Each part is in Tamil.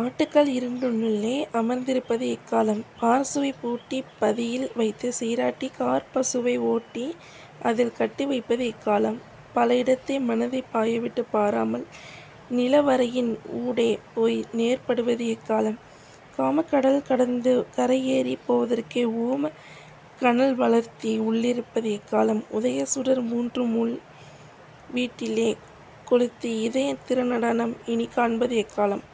ஆட்டுக்கால் இரண்டினுள்ளே அமர்ந்திருப்பது எக்காலம்? பாற்சுவைப் பூட்டிப் பதியில் வைத்துச் சீராட்டிக் காற்பசுவை ஓட்டி அதில் கட்டி வப்பது எக்காலம்? பல இடத்தே மனதைப் பாயவிட்டுப் பாராமல் நிலவரையின் ஊடேபோய் நேர்படுவது எக்காலம்? காமக் கடல்கடந்து கரைஏறிப் போவதற்கே ஓமக் கனல்வளர்த்தி உள்ளிருப்பது எக்காலம்? உதயச் சுடர் மூன்றும் உள்வீட்டி லே கொளுத்தி இதயத் திருநடனம் இனிக்காண்பது எக்காலம்?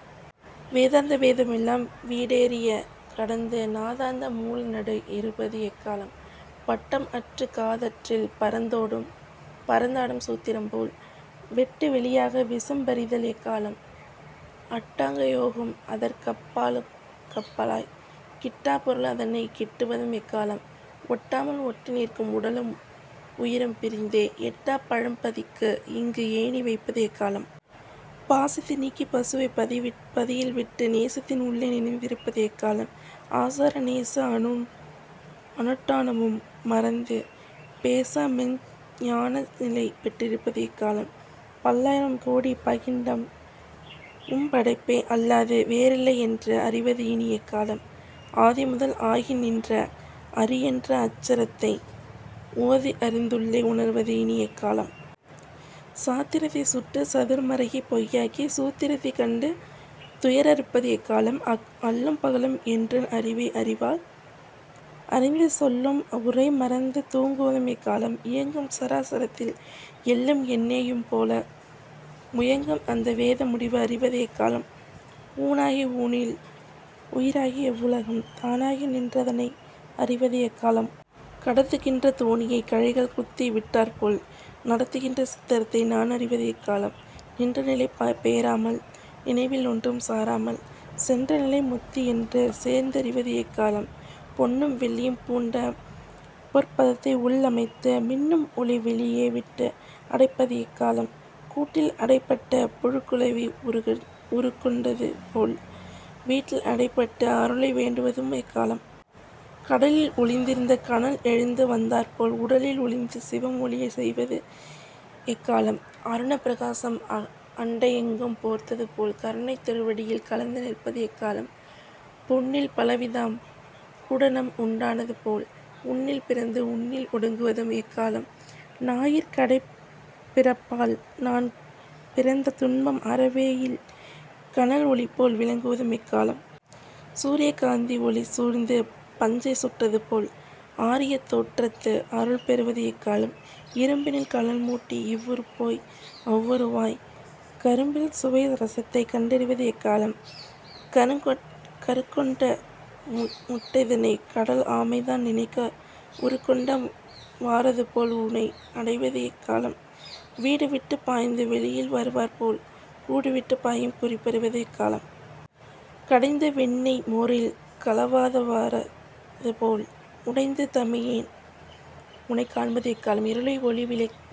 வேதாந்த வேதம் எல்லாம் வீட்டேறியே கடந்து நாதாந்த மூல நடு இருப்பது எக்காலம்? பட்டம் அற்றுக் காதற்றில் பறந்தாடும் சூத்திரம் போல் வெட்டு வெளியாக விசும்பறிதல் எக்காலம்? அட்டாங்கயோகம் அதற்கப்பாலுக் கப்பாலாய் கிட்டாப் பொருள் அதனைக் கிட்டுவதும் எக்காலம்? ஒட்டாமல் ஒட்டிநிற்கும் உடலும் உயிரும்பிரிந்தே எட்டாப் பழம்பதிக்கு இங்கு ஏணிவைப்பது எக்காலம்? பாசத்தை நீக்கி பசுவைப் பதியில்விட்டு நேசத்தின் உள்ளே நினைந்திருப்பது எக்காலம்? ஆசார நேச அனுட்டானமும் மறந்து பேசாமெய்ஞ் ஞானநிலை பெற்றிருப்பது எக்காலம்? பல்லாயிரம் கோடிப் பகிரண்டம் உம்படைப்பே அல்லாது வேறில்லை என்று அறிவது இனி எக்காலம்? ஆதிமுதல் ஆகிநின்ற அரிஎன்ற அட்சரத்தை ஓதி அறிந்துள்ளே உணர்வது இனி எக்காலம்? சாத்திரத்தைச் சுட்டுச் சதுர்மறையைப் பொய்யாக்கிச் சூத்திரத்தைக் கண்டு துயர் அறுப்பது எக்காலம்? அல்லும் பகலும் என்றன் அறிவை அறிவால் அறிந்து சொல்லும் உரைமறந்து தூங்குவதும் எக்காலம்? இயங்கும் சராசரத்தில் எள்ளும் எண்ணெ யும்போல முயங்கும் அந்த வேத முடிவு அறிவது எக்காலம்? ஊனாகி ஊனில் உயிராகி எவ்வுலகும் தானாகி நின்றதனை அறிவது எக்காலம்? கடத்துகின்ற தோணியைக் கழைகள் குத்தி விட்டாற்போல் நடத்துகின்ற சித்திரத்தை நான்அறிவது எக்காலம்? நின்றநிலை பேராமல், நினைவில்ஒன்றும் சாராமல் சென்றநிலை முத்தி என்று சேர்ந்தறிவது எக்காலம்? பொன்னும் வெள்ளியும் பூண்ட பொற்பதத்தைஉள் அமைத்து மின்னும் ஒளிவெளியே விட்டு அடைப்பது எக்காலம்? கூட்டில் அடைப்பட்ட புழு குளவி உருக்கொண்டதுபோல் வீட்டில்அடை பட்டுஅருளை வேண்டுவதும் எக்காலம்? கடலில்ஒளிந்திருந்த கனல்எழுந்து வந்தாற்போல் உடலில்ஒளிந்த சிவம்ஒளி செய்வது எக்காலம்? அருணப் பிரகாசம் அண்டஎங்கும் போர்த்தது போல் கருணைத் திருவடியில் கலந்து நிற்பது எக்காலம்? பொன்னில் பலவிதம் பூடணம்உண்டானது போல் உன்னில் பிறந்து உன்னில்ஒடுங்குவதும் எக்காலம்? நாயிற் கடைப்பிறப்பால் நான்பிறந்த துன்பம்அற வேயில் கனல் ஒளிபோல் விளங்குவதும் எக்காலம்? சூரியகாந்தி ஒளி சூழ்ந்து பஞ்சைச் சுட்டதுபோல் ஆரியந்தோற்றத்து அருள் பெறுவது எக்காலம்? இரும்பினில் கனல்மூட்டி இவ்வுருபோய் அவ்வுருவாய்க் கரும்பில் சுவைரசத்தைக் கண்டறிவது எக்காலம்? கருக்கொண்ட முட்டைதனைக் கடல் ஆமைதான் நினைக்க உருக்கொண்ட வாறதுபோல்உனை அடைவது எக்காலம்? வீடுவிட்டு பாய்ந்து வெளியில் வருவார்போல் கூடுவிட்டுப் பாயும் குறிப்பறிவது எக்காலம்? கடைந்த வெண்ணய் மோரில் கலவாதவாறதுபோல் உடைந்து தமியேன் உனைக்காண்பது எக்காலம்? இருளை ஒளி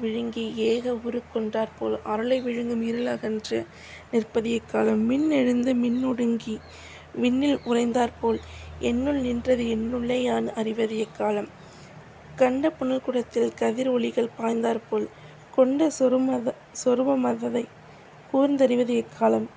விழுங்கி ஏகஉருக் கொண்டாற்போல் அருளை விழுங்கும்இருள் அகன்று நிற்பது எக்காலம்? மின் எழுந்து மின்ஒடுங்கி விண்ணில் உறைந்தாற்போல் என்னுள் நின்றதுஎன்னுள்ளே யான் அறிவது எக்காலம்? கண்ட புனல்குடத்தில் கதிர் ஒளிகள் பாய்ந்தாற்போல் கொண்ட சொரூபமதைக் கூர்ந்தறிவது எக்காலம்?